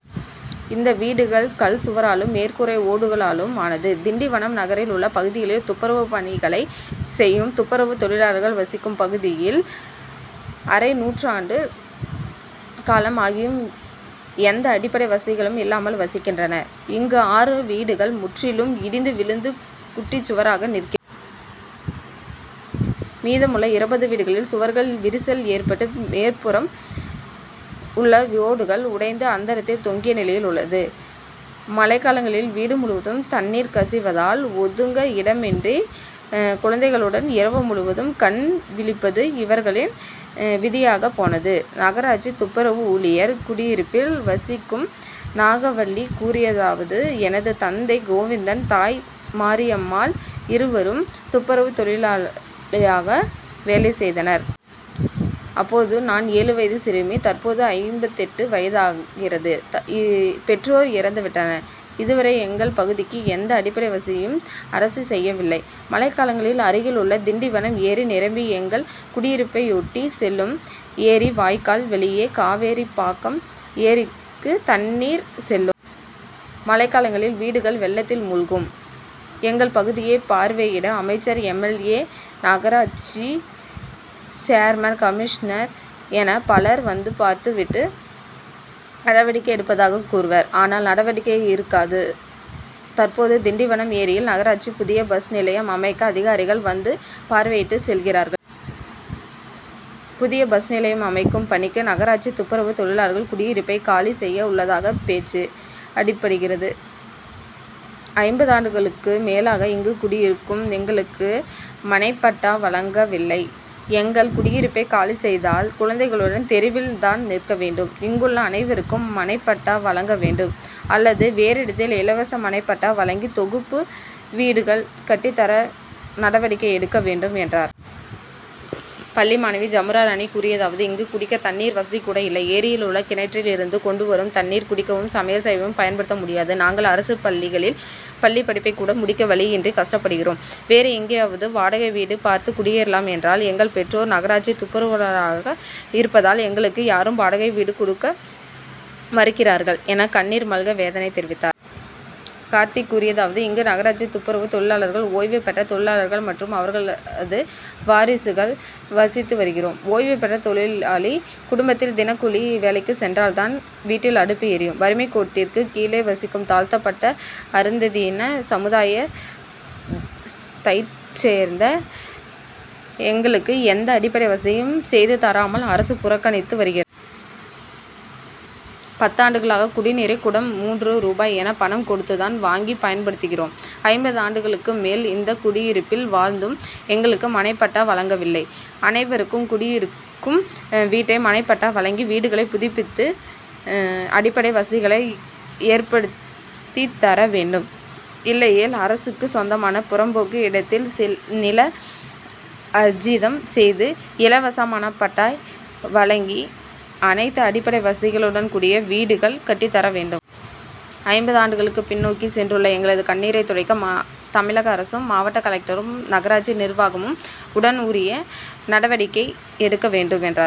இந்த வீடுகள் கல் சுவராலும், மேற்கூரை ஓடுகளாலும் ஆனது. திண்டிவனம் நகரில் உள்ள பகுதிகளில் துப்புரவு பணிகளை செய்யும் துப்புரவு தொழிலாளர்கள் வசிக்கும் பகுதியில் அரை நூற்றாண்டு காலம் ஆகியும் எந்த அடிப்படை வசதிகளும் இல்லாமல் வசிக்கின்றனர். இங்கு ஆறு வீடுகள் முற்றிலும் இடிந்து விழுந்து குட்டிச் சுவராக நிற்கிறது. மீதமுள்ள இருபது வீடுகளில் சுவர்கள் விரிசல் ஏற்பட்டு மேற்புறம் உள்ள ஓடுகள் உடைந்து அந்தரத்தில் தொங்கிய நிலையில் உள்ளது. மழைக்காலங்களில் வீடு முழுவதும் தண்ணீர் கசிவதால் ஒதுங்க இடமின்றி குழந்தைகளுடன் இரவு முழுவதும் கண் விழிப்பது இவர்களின் விதியாகிப் போனது. நகராட்சி துப்புரவு ஊழியர் குடியிருப்பில் வசிக் கும் நாகவள்ளி கூறியதாவது எனது தந்தை கோவிந்தன், தாய் மரியம்மாள் இருவரும் துப்புரவு தொழிலாளியாக வேலை செய்தனர். அப் போது நான் ஏழு வயது சிறுமி தற்போது ஐம்பத்து எட்டு வயதாகிறது. பெற்றோர் இறந்து விட்டனர். இது வரை எங்கள் பகுதிக்கு எந்த அடிப்படை வசதியும் அரசு செய்யவில்லை. மழைக் காலங்களில் அருகிலுள்ள திண்டிவனம் ஏரி நிரம்பி, எங்கள் குடியிருப்பையொட்டிச் செல்லும் ஏரி வாய்க்கால் வழியே காவேரிப் பாக்கம் ஏரிக்கு தண்ணீர் செல்லும். மழைக்காலங்களில் வீடுகள் வெள்ளத்தில் மூழ்கும். எங்கள் பகுதியை பார்வையிட அமைச்சர், எம். எல். ஏ., நகராட்சி சேர்மன், கமிஷனர் என பலர் வந்து பார்த்து விட்டு நடவடிக்கை எடுப்பதாக கூறுவர். ஆனால் நடவடிக்கை இருக்காது. தற்போது திண்டிவனம் ஏரியில் நகராட்சி புதிய பஸ் நிலையம் அமைக்க அதிகாரிகள் வந்து பார்வையிட்டு செல்கிறார்கள். புதிய பஸ் நிலையம் அமைக்கும் பணிக்கு நகராட்சி துப்புரவு தொழிலாளர் குடியிருப்பை காலி செய்ய உள்ளதாக பேச்சு அடிபடுகிறது. ஐம்பது ஆண்டுகளுக்கு மேலாக இங்கு குடியிருக்கும் எங்களுக்கு மனைப்பட்டா வழங்கவில்லை. எங்கள் குடியிருப்பை காலி செய்தால் குழந்தைகளுடன் தெருவில் தான் நிற்க வேண்டும். இங்குள்ள அனைவருக்கும் மனைப்பட்டா வழங்க வேண்டும், அல்லது வேறு இடத்தில் இலவச மனைப்பட்டா வழங்கி, தொகுப்பு வீடுகள் கட்டித் தர நடவடிக்கை எடுக்க வேண்டும் என்றார். பள்ளி மாணவி ஜமுனாராணி கூறியதாவது: இங்கு குடிக்க தண்ணீர் வசதிகூட இல்லை. ஏரியில் உள்ள கிணற்றில் இருந்து கொண்டு வரும் தண்ணீர் குடிக்கவும், சமையல் செய்யவும் பயன்படுத்த முடியாது. நாங்கள் அரசுப் பள்ளிகளில் பள்ளிப் படிப்பைக் கூட முடிக்க வழியின்றி கஷ்டப்படுகிறோம். வேறு எங்கயாவது வாடகை வீடு பார்த்து குடியேறலாம் என்றால் எங்கள் பெற்றோர் நகராட்சி துப்புரவுவாளர்களாக இருப்பதால் எங்களுக்கு யாரும் வாடகை வீடு கொடுக்க மறுக்கிறார்கள் என கண்ணீர் மல்க வேதனை தெரிவித்தார். கார்த்திக் கூறியதாவது இங்கு நகராட்சி துப்புரவு தொழிலா ளர்கள், ஓய்வு பெற்ற தொழிலாளர்கள் மற்றும் அவர்களது வாரிசுகள் வசித்து வருகிறோம். ஓய்வுபெற்ற தொழிலாளி குடும்பத்தில் தினம் கூலி வேலைக்குச் சென்றால் தான் வீட்டில் அடுப்பு எரியும். வறுமைக்கோட்டிற்கு கீழே வசிக்கும் தாழ்த்தப்பட்ட அருந்ததியின சமுதாயத் தைச்சேர்ந்த எங்களுக்கு எந்த அடிப்படை வசதியும் செய்து தராமல் அரசு புறக்கணித்து வருகிற. பத்து ஆண்டுகளாக குடிநீரை குடம் மூன்று ரூபாய் என பணம் கொடுத்து தான் வாங்கி பயன்படுத்துகிறோம். ஐம்பது ஆண்டுகளுக்கு மேல் இந்த குடியிருப்பில் வாழ்ந்தும் எங்களுக்கு மனைப்பட்டா வழங்கவில்லை. அனைவருக்கும் குடியிருக்கும் வீட்டை மனைப்பட்டா வழங்கி வீடுகளை புதுப்பித்து அடிப்படை வசதிகளை ஏற்படுத்தித்தர வேண்டும். இல்லையேல் அரசுக்குச் சொந்தமான புறம் போக்கு இடத்தில் நில அர்ஜிதம் செய்து, இலவச மனைப்பட்டா வழங்கி அனைத்து அடிப்படை வசதிகளுடன் கூடிய வீடுகள் கட்டித்தர வேண்டும். ஐம்பது ஆண்டுகள் பின் னோக்கிச் சென்றுள்ள எங்களின் கண்ணீரை துடைக்க தமிழக அரசும், மாவட்ட கலெக்டரும், நகராட்சி நிர்வாகமும் உடன் உரிய நடவடிக்கை எடுக்க வேண்டும் என்றார்.